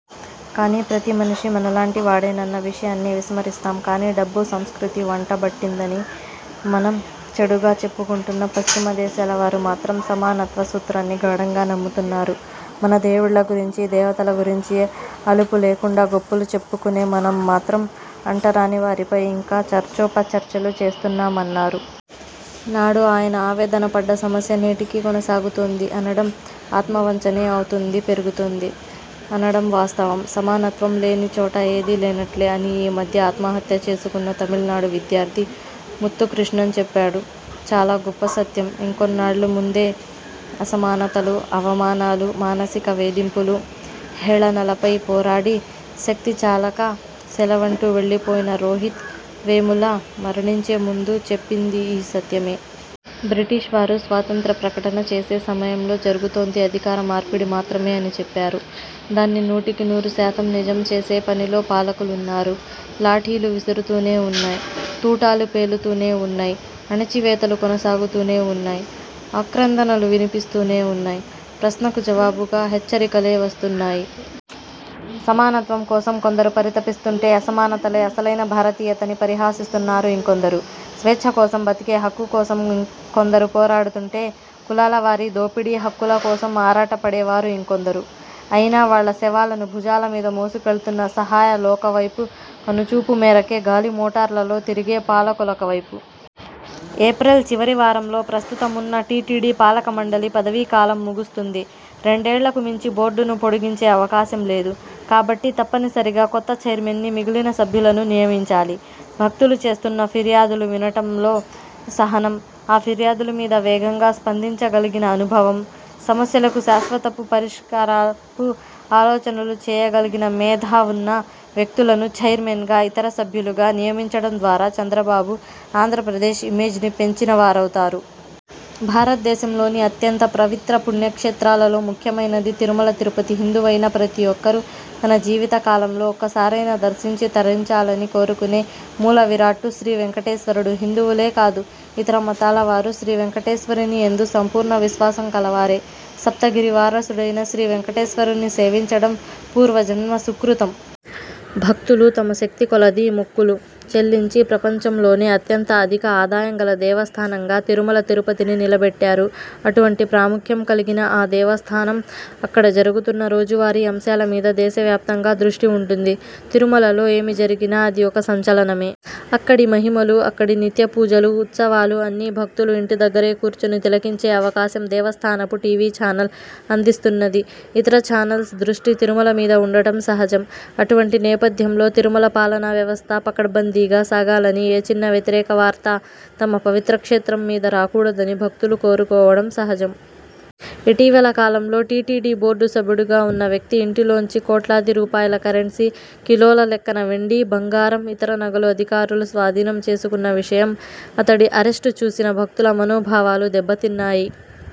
కాని ప్రతి మనిషి మనలాంటి వాడేనన్న విషయాన్ని విస్మరిస్తాం. కాని డబ్బు సంస్కృతి వంటబట్టిందని మనం చెడుగా చెప్పుకుంటున్న పశ్చిమ దేశాల వారు మాత్రం సమానత్వ సూత్రాన్ని గాఢంగా నమ్ముతున్నారు. మన దేవుళ్ళ గురించి, దేవతల గురించి అలుపు లేకుండా గొప్పలు చెప్పుకునే మనం మాత్రం అంటరాని వారిపై ఇంకా చర్చోపచర్చలు చేస్తున్నాం'' అన్నారు. నాడు ఆయన ఆవేదన పడ్డ సమస్య నేటికి కొనసాగుతోంది అనడం ఆత్మవంచనే అవుతుంది పెరుగుతోంది అనడం వాస్తవం. సమానత్వం లేని చోట ఏదీ లేనట్లే అని ఈ మధ్య ఆత్మహత్య చేసుకున్న తమిళనాడు విద్యార్థి ముత్తుకృష్ణన్ చెప్పాడు. చాలా గొప్ప సత్యం. ఇంకొన్నాళ్ళ ముందే అసమానతలు, అవమానాలు, మానసిక వేధింపులు, హేళనలపై పోరాడి, శక్తి చాలక సెలవంటూ వెళ్ళిపోయిన రోహిత్ వేముల మరణించే ముందు చెప్పిందీ ఈ సత్యమే. బ్రిటీష్ వారు స్వాతంత్య్ర ప్రకటన చేసే సమయంలో జరుగుతోంది అధికార మార్పిడి మాత్రమే అని చెప్పారు. దాన్ని నూటికి నూరు శాతం నిజం చేసే పనిలో పాలకులున్నారు. లాఠీలు విరుగుతూనే ఉన్నాయ్. తూటాలు పేలుతూనే ఉన్నాయ్. అణచివేతలు కొనసాగుతూనే ఉన్నాయ్. ఆక్రందనలు వినిపిస్తూనే ఉన్నాయ్. ప్రశ్నకు జవాబుగా హెచ్చరికలే వస్తున్నాయి. సమానత్వం కోసం కొందరు పరితపిస్తుంటే అసమానతలే అసలైన భారతీయతని పరిహసిస్తున్నారు ఇంకొందరు. స్వేచ్ఛ కోసం బ్రతికే హక్కు కోసం కొందరు పోరాడుతుంటే కులాలవారి దోపిడీ హక్కుల కోసం ఆరాటపడే వారు ఇంకొందరు. అయిన వాళ్ళ శవాలను భుజాలమీద మోసుకెళ్తున్న అసహాయులొకవైపు, కనుచూపు మేరకే గాలి మోటార్లలో తిరిగే పాలకులొకవైపు. ఏప్రిల్ చివరి వారంలో ప్రస్తుతమున్న టీటీడీ పాలకమండలి పదవీకాలం ముగుస్తుంది. రెండేళ్ళకు మించి బోర్డును పొడిగించే అవకాశం లేదు. కాబట్టి తప్పనిసరిగా కొత్త చైర్మన్ని, మిగిలిన సభ్యులను నియమించాలి. భక్తులు చేస్తున్న ఫిర్యాదులు వినటంలో సహనం, ఆ ఫిర్యాదుల మీద వేగంగా స్పందించగలిగిన అనుభవం, సమస్యలకు శాశ్వత పరిష్కారపు ఆలోచనలు చేయగలిగిన మేధ వున్న వ్యక్తులను, చైర్మన్గా, ఇతర సభ్యులుగా నియమించటం ద్వారా చంద్రబాబు ఆంధ్రప్రదేశ్ ఇమేజ్ని పెంచిన వారవుతారు. భారతదేశంలోని అత్యంత పవిత్ర పుణ్యక్షేత్రాలలో ముఖ్యమైనది తిరుమల– తిరుపతి. హిందువైన ప్రతి ఒక్కరూ తన జీవిత కాలంలో ఒక్కసారైనా దర్శించి, తరించాలని కోరుకునే మూలవిరాట్టు శ్రీ వేంకటేశ్వరుడు. హిందువులే కాదు ఇతర మతాలవారు శ్రీ వేంకటేశ్వరునియందు సంపూర్ణ విశ్వాసం కలవారే. సప్తగిరి వాసుడైన శ్రీ వేంకటేశ్వరుని సేవించటం పూర్వజన్మ సుకృతం. భక్తులు తమ శక్తి కొలది మొక్కులు చెల్లించి ప్రపంచంలోనే అత్యంత అధిక ఆదాయం గల దేవస్థానంగా తిరుమల తిరుపతిని నిలబెట్టారు. అటువంటి ప్రాముఖ్యం కలిగిన ఆ దేవస్థానం, అక్కడ జరుగుతున్న రోజువారీ అంశాల మీద దేశవ్యాప్తంగా దృష్టి వుంటుంది. తిరుమలలో ఏమి జరిగినా అది ఒక సంచలనమే. అక్కడి మహిమలు, అక్కడి నిత్య పూజలు, ఉత్సవాలు అన్నీ భక్తులు ఇంటిదగ్గరే కూర్చుని తిలకించే అవకాశం దేవస్థానపు టి. వి. ఛానల్ అందిస్తున్నది. ఇతర ఛానల్స్ దృష్టి తిరుమల మీద వుండటం సహజం. అటువంటి నేపథ్యంలో తిరుమల పాలనా వ్యవస్థ పకడ్బందీగా సాగాలని, ఏ చిన్న వ్యతిరేక వార్తా తమ పవిత్ర క్షేత్రం మీద రాకూడదని భక్తులు కోరుకోవటం సహజం. ఇటీవల కాలంలో టీటీడీ బోర్డు సభ్యుడిగా వున్న వ్యక్తి ఇంటిలో నుంచి కోట్లాది రూపాయల కరెన్సీ, కిలోల లెక్కన వెండి, బంగారం, ఇతర నగలు అధికారులు స్వాధీనం చేసుకున్న విషయం, అతడి అరెస్టు చూసిన భక్తుల మనోభావాలు దెబ్బతిన్నాయి.